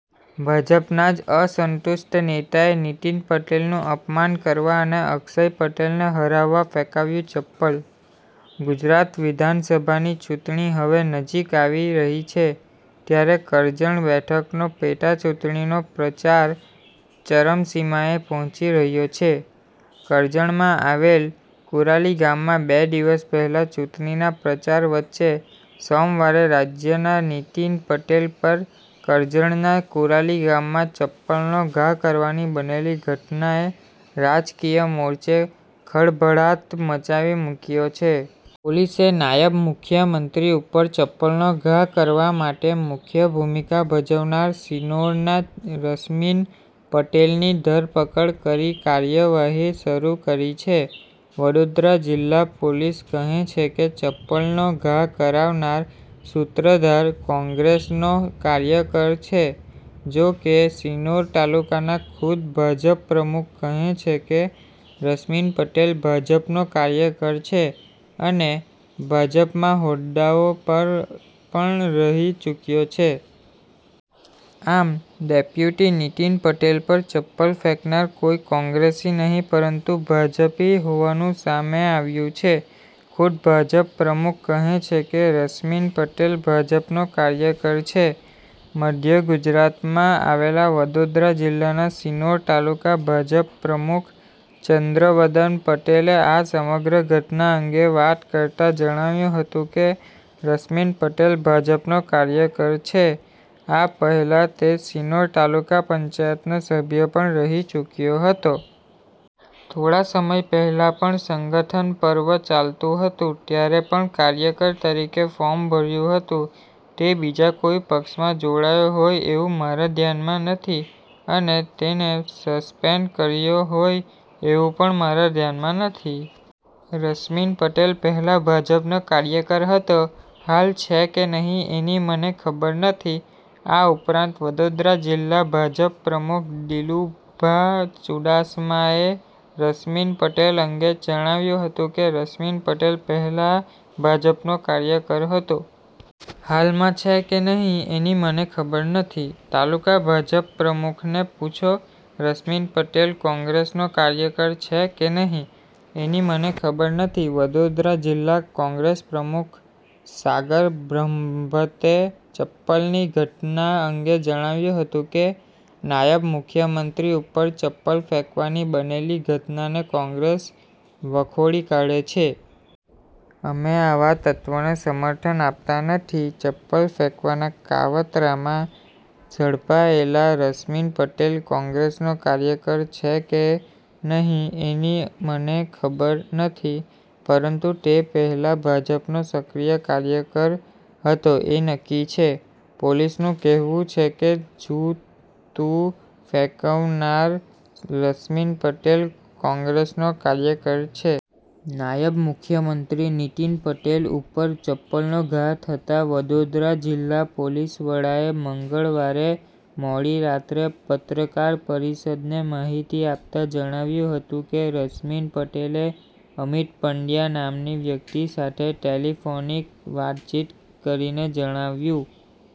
ભાજપના જ અસંતુષ્ટ નેતાએ નીતિન પટેલનું અપમાન કરવા અને અક્ષય પટેલને હરાવવા ફેંકાવ્યુ ચપ્પલ. ગુજરાત વિધાનસભાની ચુંટણી હવે નજીક આવી રહી છે. ત્યારે કરજણ બેઠકનો પેટાચૂંટણીનો પ્રચાર ચરમસીમાએ પહોંચી રહ્યો છે. કરજણમાં આવેલ કુરાલી ગામમાં બે દિવસ પહેલાં ચુત્નીના પ્રચાર વચ્ચે સોમવારે રાજ્યના નીતિન પટેલ પર કરજણના કુરાલી ગામમાં ચપ્પલનો ઘા કરવાની બનેલી ઘટનાએ રાજકીય મોરચે ખળભળાટ મચાવી મૂક્યો છે. પોલીસે નાયબ મુખ્યમંત્રી ઉપર ચપ્પલનો ઘા કરવા માટે મુખ્ય ભૂમિકા ભજવનાર શિનોરના રશ્મિન પટેલની ધરપકડ કરી કાર્યવાહી શરૂ કરી છે. વડોદરા જિલ્લા પોલીસ કહે છે કે ચપ્પલનો ઘા કરાવનાર સૂત્રધાર કોંગ્રેસનો કાર્યકર છે, જોકે, શિનોર તાલુકાના ખુદ ભાજપ-પ્રમુખ કહે છે કે, રશ્મિન પટેલ ભાજપનો કાર્યકર છે અને ભાજપમાં હોદ્દાઓ પર પણ રહી ચૂક્યો છે. આમ, ડેપ્યુટી નીતિન પટેલ પર ચપ્પલ ફેંકનાર કોઈ કોગ્રેસી નહિ પરંતુ ભાજપી હોવાનું સામે આવ્યું છે. ખુદ ભાજપ-પ્રમુખ કહે છે કે, રશ્મિન પટેલ ભાજપનો કાર્યકર છે. મધ્ય ગુજરાતમાં આવેલ વડોદરા જીલ્લાના શિનોર તાલુકા ભાજપ-પ્રમુખ ચંદ્રવદન પટેલે આ સમગ્ર ઘટના અંગે વાત કરતા જણાવ્યું હતું કે, રશ્મિન પટેલ ભાજપનો કાર્યકર છે, આ પહેલા તે શિનોર તાલુકા પંચાયતનો સભ્ય પણ રહી ચુક્યો હતો. થોડા સમય પહેલા પણ સંગઠન પર્વ ચાલતું હતું ત્યારે પણ કાર્યકર તરીકે ફોર્મ ભર્યું હતું. તે બીજા કોઇ પક્ષમાં જોડાયો હોય એવું મારા ધ્યાનમાં નથી અને તેને સસ્પેન્ડ કર્યો હોય એવું પણ મારા ધ્યાનમાં નથી. રશ્મિન પટેલ પહેલાં ભાજપનો કાર્યકર હતો, હાલ છે કે નહીં એની મને ખબર નથી. આ ઉપરાંત, વડોદરા જિલ્લા ભાજપ-પ્રમુખ દિલુભા ચૂડાસમાએ રશ્મિન પટેલ અંગે જણાવ્યું હતું કે રશ્મિન પટેલ પહેલાં ભાજપનો કાર્યકર હતો. હાલમાં છે કે નહીં એની મને ખબર નથી. તાલુકા ભાજપ-પ્રમુખને પૂછો. રશ્મિન પટેલ કોંગ્રેસનો કાર્યકર છે કે નહીં એની મને ખબર નથી વડોદરા જિલ્લા કોંગ્રેસપ્રમુખ સાગર બ્રહ્મભટ્ટે ચપ્પલની ઘટના અંગે જણાવ્યું હતું કે, નાયબ મુખ્યમંત્રી ઉપર ચપ્પલ ફેંકવાની બનેલી ઘટનાને કોંગ્રેસ વખોડી કાઢે છે. અમે આવાં તત્ત્વોને સમર્થન આપતા નથી. ચપ્પલ ફેંકવાના કાવતરામાં ઝડપાયેલા રશ્મિન પટેલ કોંગ્રેસનો કાર્યકર છે કે, નહીં એની મને ખબર નથી, પરંતુ તે પહેલાં ભાજપનો સક્રિય કાર્યકર હતો એ નક્કી છે. પોલીસનું કહેવું છે કે, જૂતું ફેંકાવનાર રશ્મિન પટેલ કોંગ્રેસનો કાર્યકર છે. નાયબ મુખ્યમંત્રી નીતિન પટેલ ઉપર ચપ્પલનો ઘા થતાં વડોદરા જિલ્લા પોલીસવડાએ મંગળવારે મોડી રાત્રે પત્રકાર પરિષદને માહિતી આપતાં જણાવ્યું હતું કે રશ્મિન પટેલે અમિત પંડ્યા નામની વ્યક્તિ સાથે ટેલિફોનિક વાતચીત કરીને જણાવ્યું